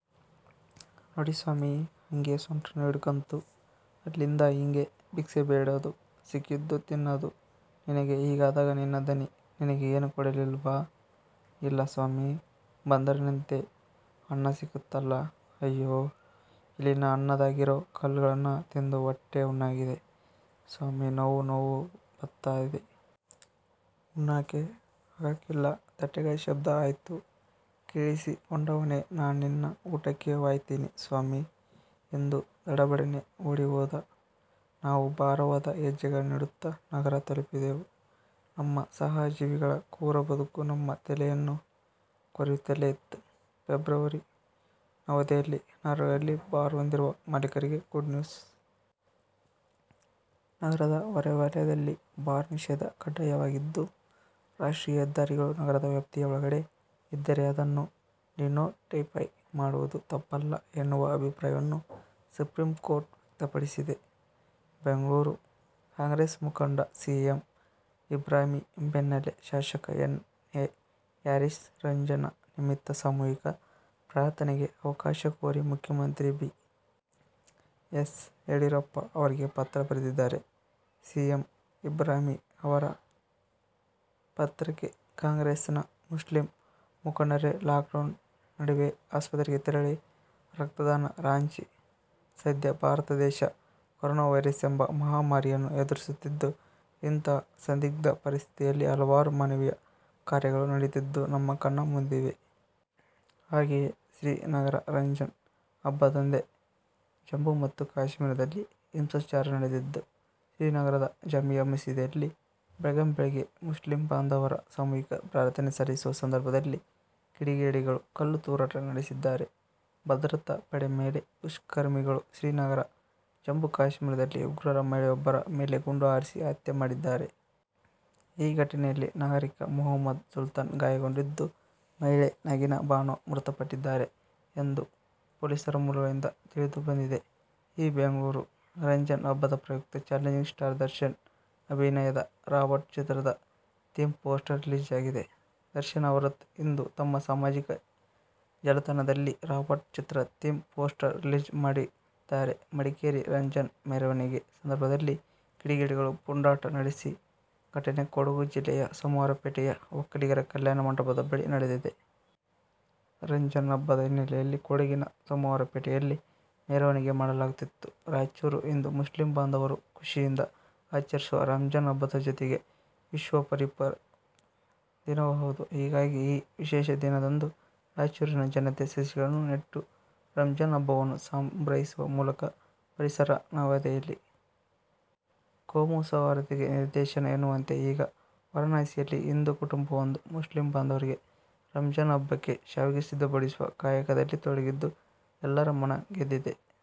ನ್ವಾಡಿ ಸಾಮಿ, ಅಂಗೆ ಸ್ವಂಟನೂ ಇಡ್ಕಂತು. ಅಲ್ಲಿಂದ ಹಿಂಗೇ ಬಿಕ್ಸೆ ಬೇಡಾದು, ಸಿಕ್ಕಿದ್ದು ತಿನ್ನಾದು. -ನಿನಗೆ ಹೀಗಾದಾಗ ನಿನ್ನ ಧಣಿ ನಿನಗೆ ಏನೂ ಕೊಡಲಿಲ್ಲವಾ? ಇಲ್ಲ, ಸಾಮಿ – ಬಂದ್ರೇನಂತೆ ಅನ್ನ ಸಿಕ್ಕುತ್ತಲ್ಲಾ? ಅಯ್ಯೋ, ಇಲ್ಲಿನ ಅನ್ನದಾಗಿರೋ ಕಲ್ಗಳ್ನ ತಿಂದು ವಟ್ಟೆ ಉಣ್ಣಾಗಿದೆ, ಸಾಮಿ, ನೋವು ನೋವು ಬತ್ತಾದೆ. ಉಣ್ಣಾಕೆ ಆಗಾಕಿಲ್ಲ. ತಟ್ಟೆಗಳ ಶಬ್ದ ಆಯ್ತು. ಕೇಳಿಸಿಕೊಂಡವನೆ ನಾನಿನ್ನ ಊಟಕ್ಕೆ ವಾಯ್ತಿನಿ ಸಾಮಿ ಎಂದು ದಡಬಡನೆ ಓಡಿಹೋದ. ನಾವು ಭಾರವಾದ ಹೆಜ್ಜೆಗಳನ್ನಿಡುತ್ತಾ ನಗರ ತಲಪಿದೆವು. ನಮ್ಮ ಸಹ ಜೀವಿಗಳ ಕ್ರೂರ ಬದುಕು ನಮ್ಮ ತಲೆಯನ್ನು ಕೊರೆಯುತ್ತಲೇ ಇತ್ತು. ಫೆಬ್ರವರಿ ನವದೆಹಲಿ: ನಗರಗಳಲ್ಲಿ ಬಾರ್ ಹೊಂದಿರುವ ಮಾಲೀಕರಿಗೆ ಗುಡ್ನ್ಯೂಸ್. ನಗರದ ಹೊರವಲಯದಲ್ಲಿ ಬಾರ್ ನಿಷೇಧ ಕಡ್ಡಾಯವಾಗಿದ್ದು, ರಾಷ್ಟ್ರೀಯ ಹೆದ್ದಾರಿಗಳು ನಗರದ ವ್ಯಾಪ್ತಿಯ ಒಳಗಡೆ ಇದ್ದರೆ ಅದನ್ನು ಡಿನೋಟಿಫೈ ಮಾಡುವುದು ತಪ್ಪಲ್ಲ ಎನ್ನುವ ಅಭಿಪ್ರಾಯವನ್ನು ಸುಪ್ರೀಂ ಕೋರ್ಟ್ ವ್ಯಕ್ತಪಡಿಸಿದೆ. ಬೆಂಗಳೂರು: ಕಾಂಗ್ರೆಸ್ ಮುಖಂಡ ಸಿಎಂ ಇಬ್ರಾಹಿಂ ಬೆನ್ನಲ್ಲೇ ಶಾಸಕ ಎನ್. ಎ. ಹ್ಯಾರಿಸ್ ರಂಜಾನ್ ನಿಮಿತ್ತ ಸಾಮೂಹಿಕ ಪ್ರಾರ್ಥನೆಗೆ ಅವಕಾಶ ಕೋರಿ ಮುಖ್ಯಮಂತ್ರಿ ಬಿ. ಎಸ್. ಯಡಿಯೂರಪ್ಪ ಅವರಿಗೆ ಪತ್ರ ಬರೆದಿದ್ದಾರೆ. ಸಿಎಂ ಇಬ್ರಾಹಿಂ ಅವರ ಪತ್ರಕ್ಕೆ ಕಾಂಗ್ರೆಸ್ನ ಮುಸ್ಲಿಂ ಮುಖಂಡರೇ– ಲಾಕ್ಡೌನ್ ನಡ್ವೆಯೇ ಆಸ್ಪತ್ರೆಗೆ ತೆರಳಿ ರಕ್ತದಾನ ರಾಂಚಿ: ಸದ್ಯ ಭಾರತ ದೇಶ ಕೊರೊನಾ ವೈರಸ್ ಎಂಬ ಮಹಾಮಾರಿಯನ್ನು ಎದುರಿಸುತ್ತಿದ್ದು, ಇಂತಹ ಸಂದಿಗ್ಧ ಪರಿಸ್ಥಿತಿಯಲ್ಲಿ ಹಲವಾರು ಮಾನವೀಯ ಕಾರ್ಯಗಳು ನಡೆಯುತ್ತಿದ್ದು, ನಮ್ಮ ಕಣ್ಣ ಮುಂದಿವೆ. ಹಾಗೆಯೇ ಶ್ರೀನಗರ: ರಂಜಾನ್ ಹಬ್ಬದಂದೇ ಜಮ್ಮು ಮತ್ತು ಕಾಶ್ಮೀರದಲ್ಲಿ ಹಿಂಸಾಚಾರ ನಡೆದಿದ್ದು, ಶ್ರೀನಗರದ ಜಾಮಿಯಾ ಮಸೀದಿಯಲ್ಲಿ ಬೆಳ್ಳಂಬೆಳಗ್ಗೆ ಮುಸ್ಲಿಂ ಬಾಂಧವರು ಸಾಮೂಹಿಕ ಪ್ರಾರ್ಥನೆ ಸಲ್ಲಿಸುವ ಸಂದರ್ಭದಲ್ಲಿ ಕಿಡಿಗೇಡಿಗಳು ಕಲ್ಲು ತೂರಾಟ ನಡೆಸಿದ್ದಾರೆ. ಭದ್ರತಾ ಪಡೆ ಮೇಲೆ ದುಷ್ಕರ್ಮಿಗಳುಶ್ರೀನಗರ: ಜಮ್ಮು- ಕಾಶ್ಮೀರದಲ್ಲಿ ಉಗ್ರರು ಮಹಿಳೆಯೊಬ್ಬರ ಮೇಲೆ ಗುಂಡು ಹಾರಿಸಿ ಹತ್ಯೆ ಮಾಡಿದ್ದಾರೆ. ಈ ಘಟನೆಯಲ್ಲಿ ನಾಗರಿಕ ಮೊಹಮ್ಮದ್ ಸುಲ್ತಾನ್ ಗಾಯಗೊಂಡಿದ್ದು, ಮಹಿಳೆ ನಗೀನಾ ಬಾನೋ ಮೃತಪಟ್ಟಿದ್ದಾರೆ ಎಂದು ಪೊಲೀಸರ ಮೂಲಗಳಿಂದ ತಿಳಿದು ಬಂದಿದೆ. ಈಬೆಂಗಳೂರು: ರಂಜಾನ್ ಹಬ್ಬದ ಪ್ರಯುಕ್ತ ಚಾಲೆಂಜಿಂಗ್ ಸ್ಟಾರ್ ದರ್ಶನ್ ಅಭಿನಯದ 'ರಾಬರ್ಟ್' ಚಿತ್ರದ ಥೀಮ್ ಪೋಸ್ಟರ್ ರಿಲೀಸ್ ಆಗಿದೆ. ದರ್ಶನ್ ಅವರು ಇಂದು ತಮ್ಮ ಸಾಮಾಜಿಕ ಜಾಲತಾಣದಲ್ಲಿ ರಾಬರ್ಟ್ ಚಿತ್ರ ಥೀಮ್ ಪೋಸ್ಟರ್ ರಿಲೀಸ್ ಮಾಡಿದ್ದಾರೆಮಡಿಕೇರಿ: ರಂಜಾನ್ ಮೆರವಣಿಗೆ ಸಂದರ್ಭದಲ್ಲಿ ಕಿಡಿಗೇಡಿಗಳು ಪುಂಡಾಟ ನಡೆಸಿದ ಘಟನೆ ಕೊಡಗು ಜಿಲ್ಲೆಯ ಸೋಮವಾರಪೇಟೆಯ ಒಕ್ಕಲಿಗರ ಕಲ್ಯಾಣ ಮಂಟಪದ ಬಳಿ ನಡೆದಿದೆ. ರಂಜಾನ್ ಹಬ್ಬದ ಹಿನ್ನೆಲೆಯಲ್ಲಿ ಕೊಡಗಿನ ಸೋಮವಾರಪೇಟೆಯಲ್ಲಿ ಮೆರವಣಿಗೆ ಮಾಡಲಾಗುತಿತ್ತು. ರಾಯಚೂರು: ಇಂದು ಮುಸ್ಲಿಂ ಬಾಂಧವರು ಖುಷಿಯಿಂದ ಆಚರಿಸುವ ರಂಜಾನ್ ಹಬ್ಬದ ಜೊತೆಗೆ ವಿಶ್ವ ಪರಿಸರ ದಿನವೂ ಹೌದು. ಹೀಗಾಗಿ ಈ ವಿಶೇಷ ದಿನದಂದು ರಾಯಚೂರಿನ ಜನತೆ ಸಸಿಗಳನ್ನು ನೆಟ್ಟು ರಂಜಾನ್ ಹಬ್ಬವನ್ನು ಸಂಭ್ರಮಿಸುವ ಮೂಲಕ ಪರಿಸರನವದೆಹಲಿ: ಕೋಮು ಸೌಹಾರ್ದತೆಗೆ ನಿದರ್ಶನ ಎನ್ನುವಂತೆ ಈಗ ವಾರಣಾಸಿಯಲ್ಲಿ ಹಿಂದೂ ಕುಟುಂಬವೊಂದು ಮುಸ್ಲಿಂ ಬಾಂಧವರಿಗಾಗಿ ರಂಜಾನ್ ಹಬ್ಬಕ್ಕೆ ಶ್ಯಾವಿಗೆ ಸಿದ್ಧಪಡಿಸುವ ಕಾಯಕದಲ್ಲಿ ತೊಡಗಿದ್ದು ಎಲ್ಲರ ಮನ ಗೆದ್ದಿದೆ